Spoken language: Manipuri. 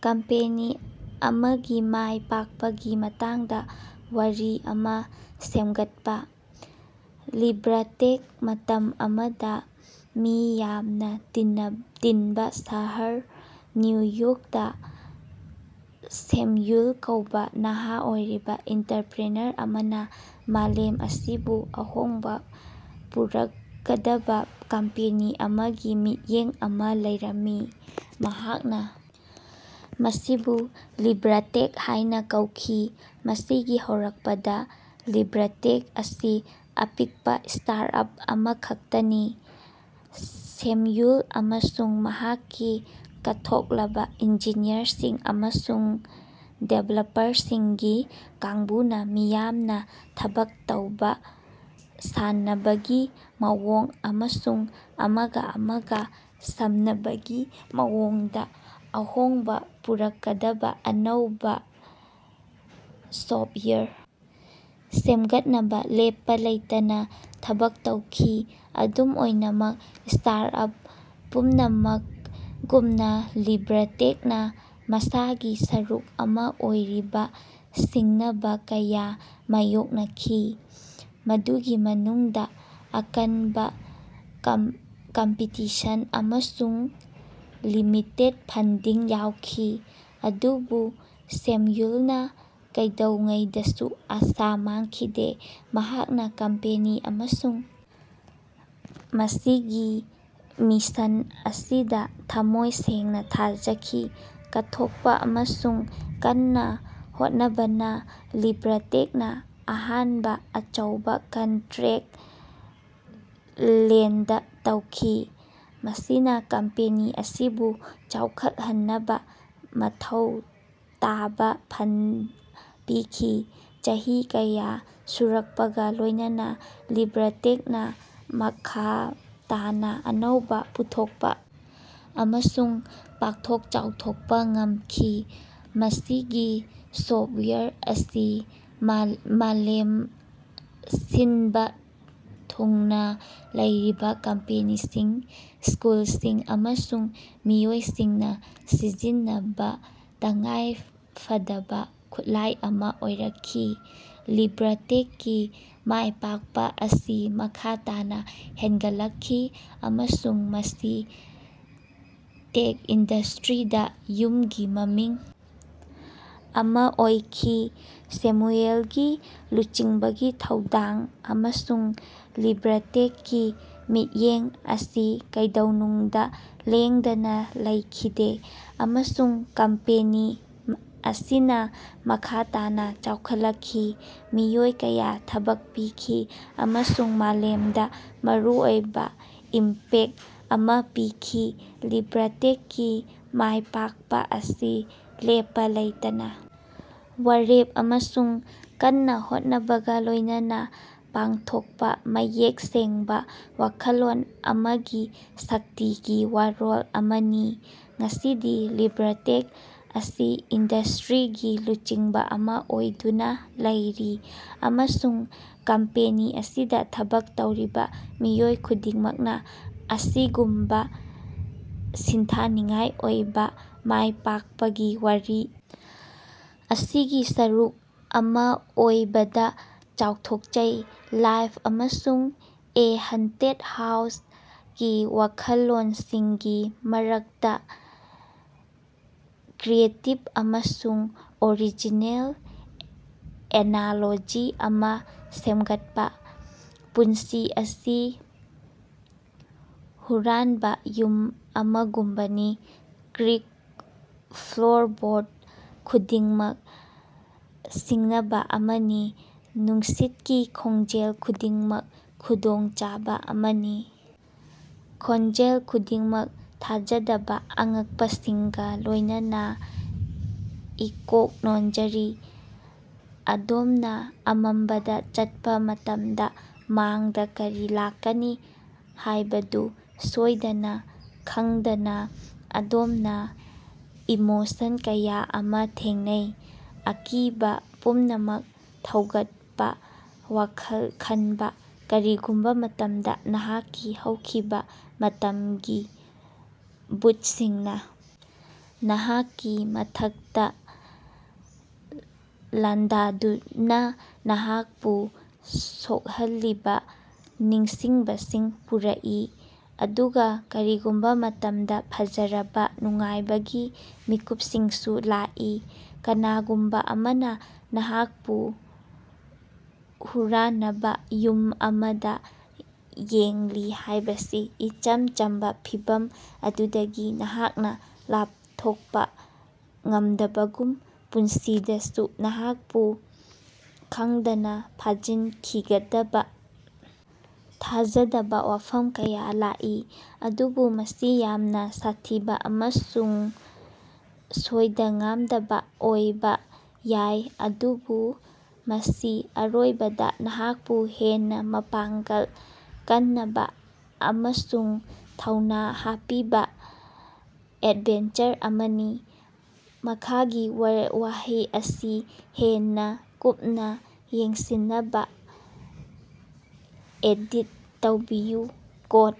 ꯀꯝꯄꯦꯅꯤ ꯑꯃꯒꯤ ꯃꯥꯏ ꯄꯥꯛꯄꯒꯤ ꯃꯇꯥꯡꯗꯥ ꯋꯥꯔꯤ ꯑꯃꯥ ꯁꯦꯝꯒꯠꯄꯥ꯫ ꯂꯤꯕ꯭ꯔꯥꯇꯦꯛ ꯃꯇꯝ ꯑꯃꯗꯥ, ꯃꯤ ꯌꯥꯝꯅꯥ ꯇꯤꯅꯕꯥ ꯇꯤꯟꯕ ꯁꯍꯔ ꯅ꯭ꯌꯨ ꯌꯣꯔꯛꯇꯥ, ꯁꯦꯝꯌꯨꯜ ꯀꯧꯕꯥ ꯅꯍꯥ ꯑꯣꯏꯔꯤꯕꯥ ꯑꯣꯟꯇꯔꯄꯔꯤꯅꯔ ꯑꯃꯅ ꯃꯥꯂꯦꯝ ꯑꯁꯤꯕꯨ ꯑꯍꯣꯡꯕ ꯄꯨꯔꯛꯀꯗꯕꯥ ꯀꯝꯄꯦꯅꯤ ꯑꯃꯒꯤ ꯃꯤꯠꯌꯦꯡ ꯑꯃ ꯂꯩꯔꯝꯃꯤ꯫ ꯃꯍꯥꯛꯅ ꯃꯁꯤꯕꯨ ꯂꯤꯕ꯭ꯔꯥꯇꯦꯛ ꯍꯥꯏꯅ ꯀꯧꯈꯤ꯫ ꯃꯁꯤꯒꯤ ꯍꯧꯔꯛꯄꯗꯥ ꯂꯤꯕ꯭ꯔꯥꯇꯦꯛ ꯑꯁꯤ ꯑꯄꯤꯛꯄꯥ ꯁ꯭ꯇꯥꯔꯇꯑꯞ ꯑꯃꯈꯛꯇꯅꯤ꯫ ꯁꯦꯝꯌꯨꯜ ꯑꯃꯁꯨꯡ ꯃꯍꯥꯛꯀꯤ ꯀꯠꯊꯣꯛꯂꯕ ꯏꯟꯖꯤꯅꯤꯌꯔꯁꯤꯡ ꯑꯃꯁꯨꯡ ꯗꯤꯕꯦꯂꯄꯔꯁꯤꯡꯒꯤ ꯀꯥꯡꯕꯨꯅ ꯃꯤꯌꯥꯝꯅ ꯊꯕꯛ ꯇꯧꯕ, ꯁꯥꯟꯅꯕꯒꯤ ꯃꯑꯣꯡ ꯑꯃꯁꯨꯡ ꯑꯃꯒꯥ ꯑꯃꯒꯥ ꯁꯝꯅꯕꯒꯤ ꯃꯑꯣꯡꯗꯥ ꯑꯍꯣꯡꯕꯥ ꯄꯨꯔꯛꯀꯗꯕꯥ ꯑꯅꯧꯕꯥ ꯁꯣꯐꯋꯦꯌꯔ ꯁꯦꯝꯒꯠꯅꯕꯥ ꯂꯦꯞꯄꯥ ꯂꯩꯇꯅꯥ ꯊꯕꯛ ꯇꯧꯈꯤ꯫ ꯑꯗꯨꯝ ꯑꯣꯏꯅꯃꯛ ꯁ꯭ꯇꯥꯔꯇꯑꯞ ꯄꯨꯝꯅꯃꯛꯒꯨꯝꯅꯥ ꯂꯤꯕ꯭ꯔꯥꯇꯦꯛꯅꯥ ꯃꯁꯥꯒꯤ ꯁꯔꯨꯛ ꯑꯃꯥ ꯑꯣꯏꯔꯤꯕꯥ ꯁꯤꯡꯅꯕꯥ ꯀꯌꯥ ꯃꯥꯌꯣꯛꯅꯈꯤ, ꯃꯗꯨꯒꯤ ꯃꯅꯨꯡꯗꯥ ꯑꯀꯟꯕꯥ ꯀꯝꯄꯤꯇꯤꯁꯟ ꯑꯃꯁꯨꯡ ꯂꯤꯃꯤꯇꯦꯗ ꯐꯟꯗꯤꯡ ꯌꯥꯎꯈꯤ꯫ ꯑꯗꯨꯕꯨ ꯁꯦꯝꯌꯨꯜꯅꯥ ꯀꯩꯗꯧꯉꯩꯗꯁꯨ ꯑꯥꯁꯥ ꯃꯥꯡꯈꯤꯗꯦ꯫ ꯃꯍꯥꯛꯅꯥ ꯀꯝꯄꯦꯅꯤ ꯑꯃꯁꯨꯡ ꯃꯁꯤꯒꯤ ꯃꯤꯁꯟ ꯑꯁꯤꯗꯥ ꯊꯝꯃꯣꯏ ꯁꯦꯡꯅꯥ ꯊꯥꯖꯈꯤ꯫ ꯀꯠꯊꯣꯛꯄꯥ ꯑꯃꯁꯨꯡ ꯀꯟꯅꯥ ꯍꯣꯠꯅꯕꯅꯥ ꯂꯤꯕ꯭ꯔꯥꯇꯦꯛꯅꯥ ꯑꯍꯥꯟꯕ ꯑꯆꯧꯕꯥ ꯀꯟꯇꯔꯦꯛ ꯂꯦꯟꯗ ꯇꯧꯈꯤ, ꯃꯁꯤꯅꯥ ꯀꯝꯄꯦꯅꯤ ꯑꯁꯤꯕꯨ ꯆꯥꯎꯈꯠꯍꯟꯅꯕꯥ ꯃꯊꯧ ꯇꯥꯕꯥ ꯐꯟꯗ ꯄꯤꯈꯤ꯫ ꯆꯍꯤ ꯀꯌꯥ ꯁꯨꯔꯛꯄꯒꯥ ꯂꯣꯏꯅꯅ ꯂꯤꯕ꯭ꯔꯥꯇꯦꯛꯅꯥ ꯃꯈꯥ ꯇꯥꯅꯥ ꯑꯅꯧꯕꯥ ꯄꯨꯊꯣꯛꯄꯥ ꯑꯃꯁꯨꯡ ꯄꯥꯛꯊꯣꯛ ꯆꯥꯎꯊꯣꯛꯄꯥ ꯉꯝꯈꯤ꯫ ꯃꯁꯤꯒꯤ ꯁꯣꯐꯋꯦꯌꯔ ꯑꯁꯤ ꯃꯥꯂꯦꯝ ꯁꯤꯟꯕꯥ ꯊꯨꯡꯅꯥ ꯂꯩꯔꯤꯕꯥ ꯀꯝꯄꯦꯅꯤꯁꯤꯡ, ꯁ꯭ꯀꯨꯜꯁꯤꯡ ꯑꯃꯁꯨꯡ ꯃꯤꯑꯣꯏꯁꯤꯡꯅꯥ ꯁꯤꯖꯤꯟꯅꯕꯥ ꯇꯉꯥꯏ ꯐꯗꯕꯥ ꯈꯨꯠꯂꯥꯏ ꯑꯃꯥ ꯑꯣꯏꯔꯛꯈꯤ꯫ ꯂꯤꯕ꯭ꯔꯥꯇꯦꯛꯀꯤ ꯃꯥꯏꯄꯥꯛꯄꯥ ꯑꯁꯤ ꯃꯈꯥ ꯇꯥꯅꯥ ꯍꯦꯟꯒꯠꯂꯛꯈꯤ, ꯑꯃꯁꯨꯡ ꯃꯁꯤ ꯇꯦꯛ ꯏꯟꯗꯁꯇꯔꯤꯗꯥ ꯌꯨꯝꯒꯤ ꯃꯃꯤꯡ ꯑꯃꯥ ꯑꯣꯏꯈꯤ꯫ ꯁꯦꯃꯨꯌꯦꯜꯒꯤ ꯂꯨꯆꯤꯡꯕꯒꯤ ꯊꯧꯗꯥꯡ ꯑꯃꯁꯨꯡ ꯂꯤꯕ꯭ꯔꯥꯇꯦꯛꯀꯤ ꯃꯤꯠꯌꯦꯡ ꯑꯁꯤ ꯀꯩꯗꯧꯅꯨꯡꯗꯥ ꯂꯦꯡꯗꯅꯥ ꯂꯩꯈꯤꯗꯦ, ꯑꯃꯁꯨꯡ ꯀꯝꯄꯦꯅꯤ ꯑꯁꯤꯅꯥ ꯃꯈꯥ ꯇꯥꯅꯥ ꯆꯥꯎꯈꯠꯂꯛꯈꯤ, ꯃꯤꯑꯣꯏ ꯀꯌꯥ ꯊꯕꯛ ꯄꯤꯈꯤ ꯑꯃꯁꯨꯡ ꯃꯥꯂꯦꯃꯗꯥ ꯃꯔꯨꯑꯣꯏꯕꯥ ꯏꯝꯄꯦꯛꯇ ꯑꯃꯥ ꯄꯤꯈꯤ꯫ ꯂꯤꯕ꯭ꯔꯥꯇꯦꯛꯀꯤ ꯃꯥꯏꯄꯥꯛꯄꯥ ꯑꯁꯤ ꯂꯦꯞꯄꯥ ꯂꯩꯇꯅꯥ ꯋꯥꯔꯦꯞ ꯑꯃꯁꯨꯡ ꯀꯟꯅꯥ ꯍꯣꯠꯅꯕꯒꯥ ꯂꯣꯏꯅꯅ ꯄꯥꯡꯊꯣꯛꯄꯥ ꯃꯌꯦꯛ ꯁꯦꯡꯕꯥ ꯋꯥꯈꯜꯂꯣꯟ ꯑꯃꯒꯤ ꯁꯛꯇꯤꯒꯤ ꯋꯥꯔꯣꯜ ꯑꯃꯅꯤ꯫ ꯉꯁꯤꯗꯤ ꯂꯤꯕ꯭ꯔꯥꯇꯦꯛ ꯑꯁꯤ ꯏꯟꯗꯁ꯭ꯇꯔꯤꯒꯤ ꯂꯨꯆꯤꯡꯕꯥ ꯑꯃꯥ ꯑꯣꯏꯗꯨꯅꯥ ꯂꯩꯔꯤ, ꯑꯃꯁꯨꯡ ꯀꯝꯄꯦꯅꯤ ꯑꯁꯤꯗꯥ ꯊꯕꯛ ꯇꯧꯔꯤꯕꯥ ꯃꯤꯑꯣꯏ ꯈꯨꯗꯤꯡꯃꯛꯅꯥ ꯑꯁꯤꯒꯨꯝꯕꯥ ꯁꯤꯡꯊꯥꯅꯤꯡꯉꯥꯏ ꯑꯣꯏꯕꯥ ꯃꯥꯏꯄꯥꯛꯄꯒꯤ ꯋꯥꯔꯤ ꯑꯁꯤꯒꯤ ꯁꯔꯨꯛ ꯑꯃꯥ ꯑꯣꯏꯕꯗꯥ ꯆꯥꯎꯊꯣꯛꯆꯩ꯫ "ꯂꯥꯏꯐ" ꯑꯃꯁꯨꯡ "ꯑꯦ ꯍꯟꯇꯦꯗ ꯍꯥꯎꯁ"ꯒꯤ ꯋꯥꯈꯜꯂꯣꯟꯁꯤꯡꯒꯤ ꯃꯔꯛꯇꯥ ꯀ꯭ꯔꯤꯌꯦꯇꯤꯕ ꯑꯃꯁꯨꯡ ꯑꯣꯔꯤꯖꯤꯅꯦꯜ ꯑꯦꯅꯥꯂꯣꯖꯤ ꯑꯃꯥ ꯁꯦꯝꯒꯠꯄꯥ꯫ ꯄꯨꯟꯁꯤ ꯑꯁꯤ ꯍꯨꯔꯥꯅꯕꯥ ꯌꯨꯝ ꯑꯃꯒꯨꯝꯕꯅꯤ; ꯀ꯭ꯔꯤꯛ ꯐ꯭ꯂꯣꯔꯕꯣꯔꯗ ꯈꯨꯗꯤꯡꯃꯛ ꯁꯤꯡꯅꯕꯥ ꯑꯃꯅꯤ, ꯅꯨꯡꯁꯤꯠꯀꯤ ꯈꯣꯡꯖꯦꯜ ꯈꯨꯗꯤꯡꯃꯛ ꯈꯨꯗꯣꯡꯆꯥꯕꯥ ꯑꯃꯅꯤ, ꯈꯣꯟꯖꯦꯜ ꯈꯨꯗꯤꯡꯃꯛ ꯊꯥꯖꯗꯕꯥ ꯑꯉꯛꯄꯁꯤꯡꯒꯥ ꯂꯣꯏꯅꯅ ꯏꯀꯣꯛ ꯅꯣꯟꯖꯔꯤ꯫ ꯑꯗꯣꯝꯅꯥ ꯑꯃꯝꯕꯗꯥ ꯆꯠꯄꯥ ꯃꯇꯝꯗ, ꯃꯥꯡꯗꯥ ꯀꯔꯤ ꯂꯥꯛꯀꯅꯤ ꯍꯥꯏꯕꯗꯨ ꯁꯣꯏꯗꯅꯥ ꯈꯪꯗꯅꯥ, ꯑꯗꯣꯝꯅꯥ ꯏꯃꯣꯁꯟ ꯀꯌꯥ ꯑꯃꯥ ꯊꯦꯡꯅꯩ- ꯑꯀꯤꯕꯥ, ꯄꯨꯛꯅꯤꯡ ꯊꯧꯒꯠꯄꯥ, ꯋꯥꯈꯜ ꯈꯟꯕꯥ꯫ ꯀꯔꯤꯒꯨꯝꯕꯥ ꯃꯇꯝꯗ ꯅꯍꯥꯛꯀꯤ ꯍꯧꯈꯤꯕꯥ ꯃꯇꯝꯒꯤ ꯚꯨꯇꯁꯤꯡꯅꯥ ꯅꯍꯥꯛꯀꯤ ꯃꯊꯛꯇꯥ ꯂꯥꯟꯗꯥꯗꯨꯅꯥ ꯅꯍꯥꯛꯄꯨ ꯁꯣꯛꯍꯜꯂꯤꯕꯥ ꯅꯤꯡꯁꯤꯡꯕꯁꯤꯡ ꯄꯨꯔꯛꯏ, ꯑꯗꯨꯒꯥ ꯀꯔꯤꯒꯨꯝꯕꯥ ꯃꯇꯝꯗ ꯐꯖꯔꯕꯥ ꯅꯨꯡꯉꯥꯏꯕꯒꯤ ꯃꯤꯀꯨꯄꯁꯤꯡꯁꯨ ꯂꯥꯛꯏ꯫ ꯀꯅꯥꯒꯨꯝꯕꯥ ꯑꯃꯅꯥ ꯅꯍꯥꯛꯄꯨ ꯍꯨꯔꯥꯅꯕꯥ ꯌꯨꯝ ꯑꯃꯗꯥ ꯌꯦꯡꯂꯤ ꯍꯥꯏꯕꯒꯤ ꯏꯆꯝ ꯆꯝꯕꯥ ꯐꯤꯚꯝ ꯑꯗꯨꯗꯒꯤ ꯅꯍꯥꯛꯅꯥ ꯂꯥꯞꯊꯣꯛꯄꯥ ꯉꯝꯗꯕꯒꯨꯝ, ꯄꯨꯟꯁꯤꯗꯁꯨ ꯅꯍꯥꯛꯄꯨ ꯈꯪꯗꯅꯥ ꯐꯥꯖꯤꯟꯒꯗꯕꯥ ꯊꯥꯖꯗꯕꯥ ꯋꯥꯐꯝ ꯀꯌꯥ ꯂꯥꯛꯏ꯫ ꯑꯗꯨꯕꯨ ꯃꯁꯤ ꯌꯥꯝꯅꯥ ꯁꯥꯊꯤꯕꯥ ꯑꯃꯁꯨꯡ ꯁꯣꯏꯗ-ꯉꯥꯝꯗꯕꯥ ꯑꯣꯏꯕꯥ ꯌꯥꯏ ꯑꯗꯨꯕꯨ ꯃꯁꯤ ꯑꯔꯣꯏꯕꯗꯥ ꯅꯍꯥꯛꯄꯨ ꯍꯦꯟꯅꯥ ꯃꯄꯥꯡꯒꯜ ꯀꯅꯕꯥ ꯑꯃꯁꯨꯡ ꯊꯧꯅꯥ ꯍꯥꯞꯄꯤꯕꯥ ꯑꯦꯗꯚꯦꯟꯆꯔ ꯑꯃꯅꯤ꯫ ꯃꯈꯥꯒꯤ ꯋꯥꯍꯩ ꯑꯁꯤ ꯍꯦꯟꯅꯥ ꯀꯨꯞꯅꯥ ꯌꯦꯡꯁꯤꯟꯅꯕꯥ ꯑꯦꯗꯤꯠ ꯇꯧꯕꯤꯌꯨ: "ꯀꯣꯠ